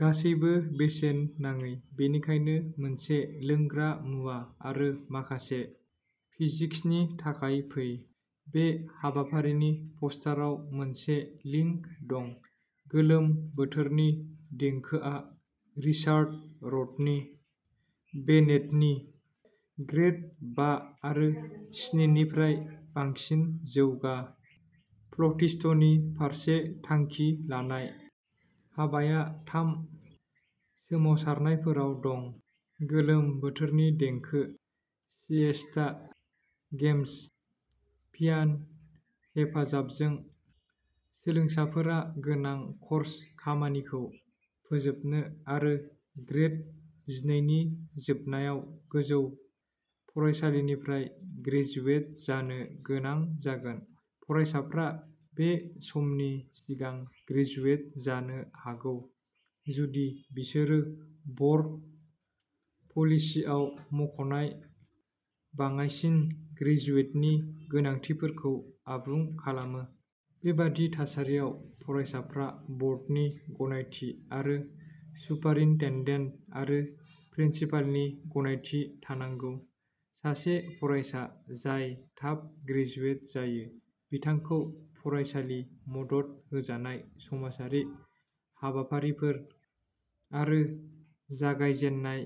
गासैबो बेसेन नाङै। बेनिखायनो मोनसे लोंग्रा मुवा आरो माखासे फिजिक्सनि थाखाय फै। बे हाबाफारिनि पस्टाराव मोनसे लिंक दं। गोलोम बोथोरनि देंखोआ रिचार्ड रडनि बेनेटनि, ग्रेड बा आरो स्निनिफ्राय बांसिन जौगा फ्ल'टिस्टनि फारसे थांखि लानाय। हाबाया थाम सोमावसारनायफोराव दं गोलोम बोथोरनि देंखो, सिएस्टा, गेम्स। पियान' हेफाजाबजों। सोलोंसाफोरा गोनां कर्स खामानिखौ फोजोबनो आरो ग्रेड जिनैनि जोबनायाव गोजौ फरायसालिनिफ्राय ग्रेजुवेट जानो गोनां जागोन। फरायसाफ्रा बे समनि सिगां ग्रेजुवेट जानो हागौ जुदि बिसोरो बर्ड पलिसिआव मख'नाय बाङाइसिन ग्रेजुवेटनि गोनांथिफोरखौ आबुं खालामो। बेबादि थासारियाव, फरायसाफ्रा बर्डनि गनायथि आरो सुपारिनटेन्डेन्ट आरो प्रिन्सिपालनि गनायथि थानांगौ। सासे फरायसा जाय थाब ग्रेजुवेट जायो, बिथांखौ फरायसालि मदद होजानाय समाजारि हाबाफारिफोर आरो जागायजेननाय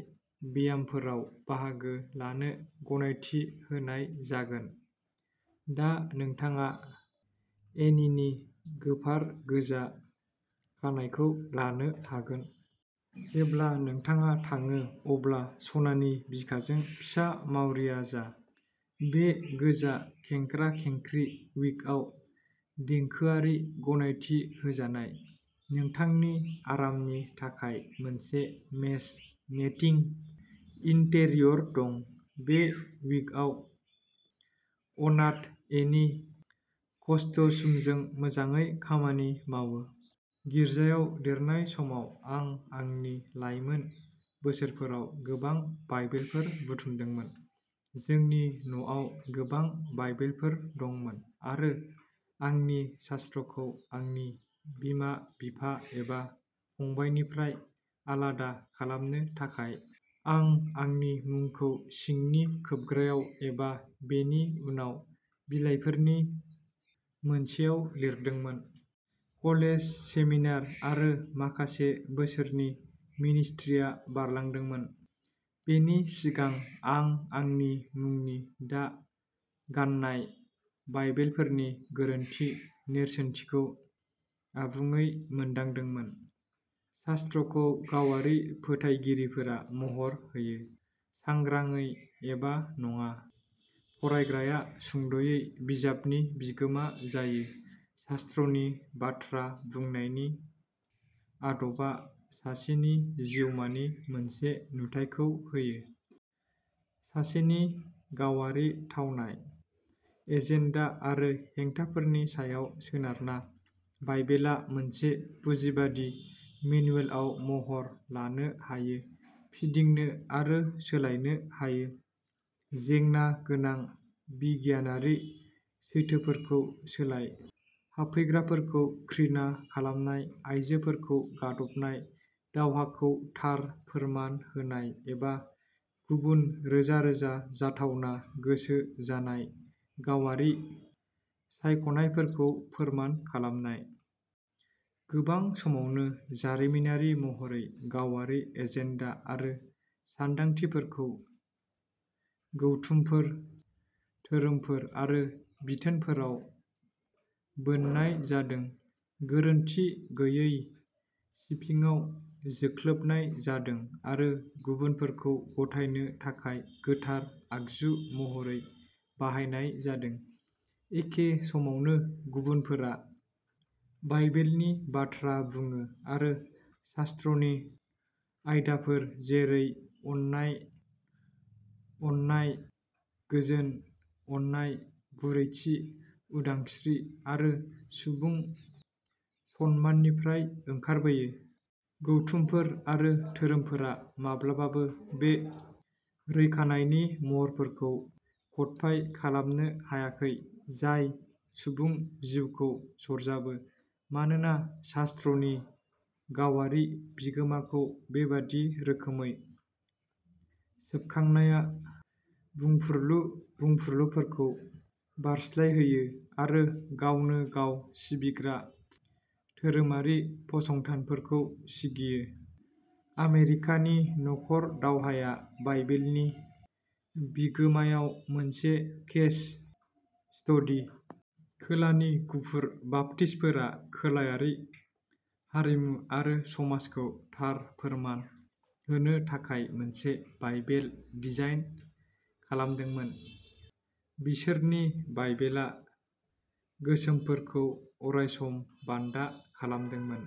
ब्यामफोराव बाहागो लानो गनायथि होनाय जागोन। दा नोंथाङा एनिनि गोफार गोजा खानाइखौ लानो हागोन! जेब्ला नोंथाङा थाङो अब्ला सनानि बिखाजों फिसा मावरिया जा। बे गोजा खेंख्रा खेंख्रि विगआव, देंखोआरिजों गनायथि होजानाय। नोंथांनि आरामनि थाखाय मोनसे मेश नेटिं इन्टेरियर दं। बे विगआ अनाथ एनि कस्ट्युमजों मोजाङै खामानि मावो। गिर्जायाव देरनाय समाव, आं आंनि लाइमोन बोसोरफोराव गोबां बाइबेलफोर बुथुमदोंमोन। जोंनि न'आव गोबां बाइबेलफोर दंमोन आरो आंनि शास्त्रखौ आंनि बिमा बिफा एबा फंबायनिफ्राय आलादा खालामनो थाखाय, आं आंनि मुंखौ सिंनि खोबग्रायाव एबा बेनि उनाव बिलाइफोरनि मोनसेयाव लिरदोंमोन। कलेज, सेमिनारि आरो माखासे बोसोरनि मिनिस्ट्रिया बारलांदोंमोन, बेनि सिगां आं आंनि मुंनि दा गान्नाय बाइबेलफोरनि गोरोन्थि नेरसोनथिखौ आबुङै मोनदांदोंमोन। शास्त्रखौ गावारि फोथायगिरिफोरा महर होयो, सांग्रांयै एबा नङा। फरायग्राया, सुंद'यै, बिजाबनि बिगोमा जायो। शास्त्रनि बाथ्रा बुंनायनि आदबा सासेनि जिउमानि मोनसे नुथायखौ होयो। सासेनि गावारि थावनाय, एजेन्डा आरो हेंथाफोरनि सायाव सोनारना, बाइबेला मोनसे पुजिबादि मेनुएलआव महर लानो हायो, फिदिंनो आरो सोलायनो हायो। जेंना गोनां बिगियानारि सैथोफोरखौ सोलाय, हाबफैग्राफोरखौ घृणा खालामनाय, आयजोफोरखौ गादबनाय, दावहाखौ थार फोरमान होनाय एबा गुबुन रोजा रोजा जाथावना गोसो जानाय गावारि सायख'नायफोरखौ फोरमान खालामनाय। गोबां समावनो, जारिमिनारि महरै, गावारि एजेन्डा आरो सानदांथिफोरखौ गौथुमफोर, धोरोमफोर आरो बिथोनफोराव बोननाय जादों, गोरोन्थि गैयै सिफिङाव जोख्लोबनाय जादों आरो गुबुनफोरखौ गथायनो थाखाय गोथार आगजु महरै बाहायनाय जादों। एखे समावनो, गुबुनफोरा बाइबेलनि बाथ्रा बुङो आरो शास्त्रनि आयदाफोर जेरै अननाय, अननाय, गोजोन, अननाय, गुरैथि, उदांस्रि आरो सुबुं सनमाननिफ्राय ओंखारबोयो। गौथुमफोर आरो धोरोमफोरा माब्लाबाबो बे रैखानायनि महरफोरखौ कडफाइ खालामनो हायाखै जाय सुबुं जिउखौ सरजाबो, मानोना शास्त्रनि गावारि बिगोमाखौ बेबादि रोखोमै सोबखांनाया बुंफुरलु बुंफुरलुफोरखौ बारस्लायहोयो आरो गावनो गाव सिबिग्रा धोरोमारि फसंथानफोरखौ सिगियो। आमेरिकानि नखर दावहाया बाइबेलनि बिगोमायाव मोनसे केस स्टडि। खोलानि गुफुर बाप्तिस्तफोरा खोलायारि हारिमु आरो समाजखौ थार फोरमान होनो थाखाय मोनसे बाइबेल डिजाइन खालामदोंमोन बिसोरनि बाइबेला गोसोमफोरखौ अरायसम बान्दा खालामदोंमोन।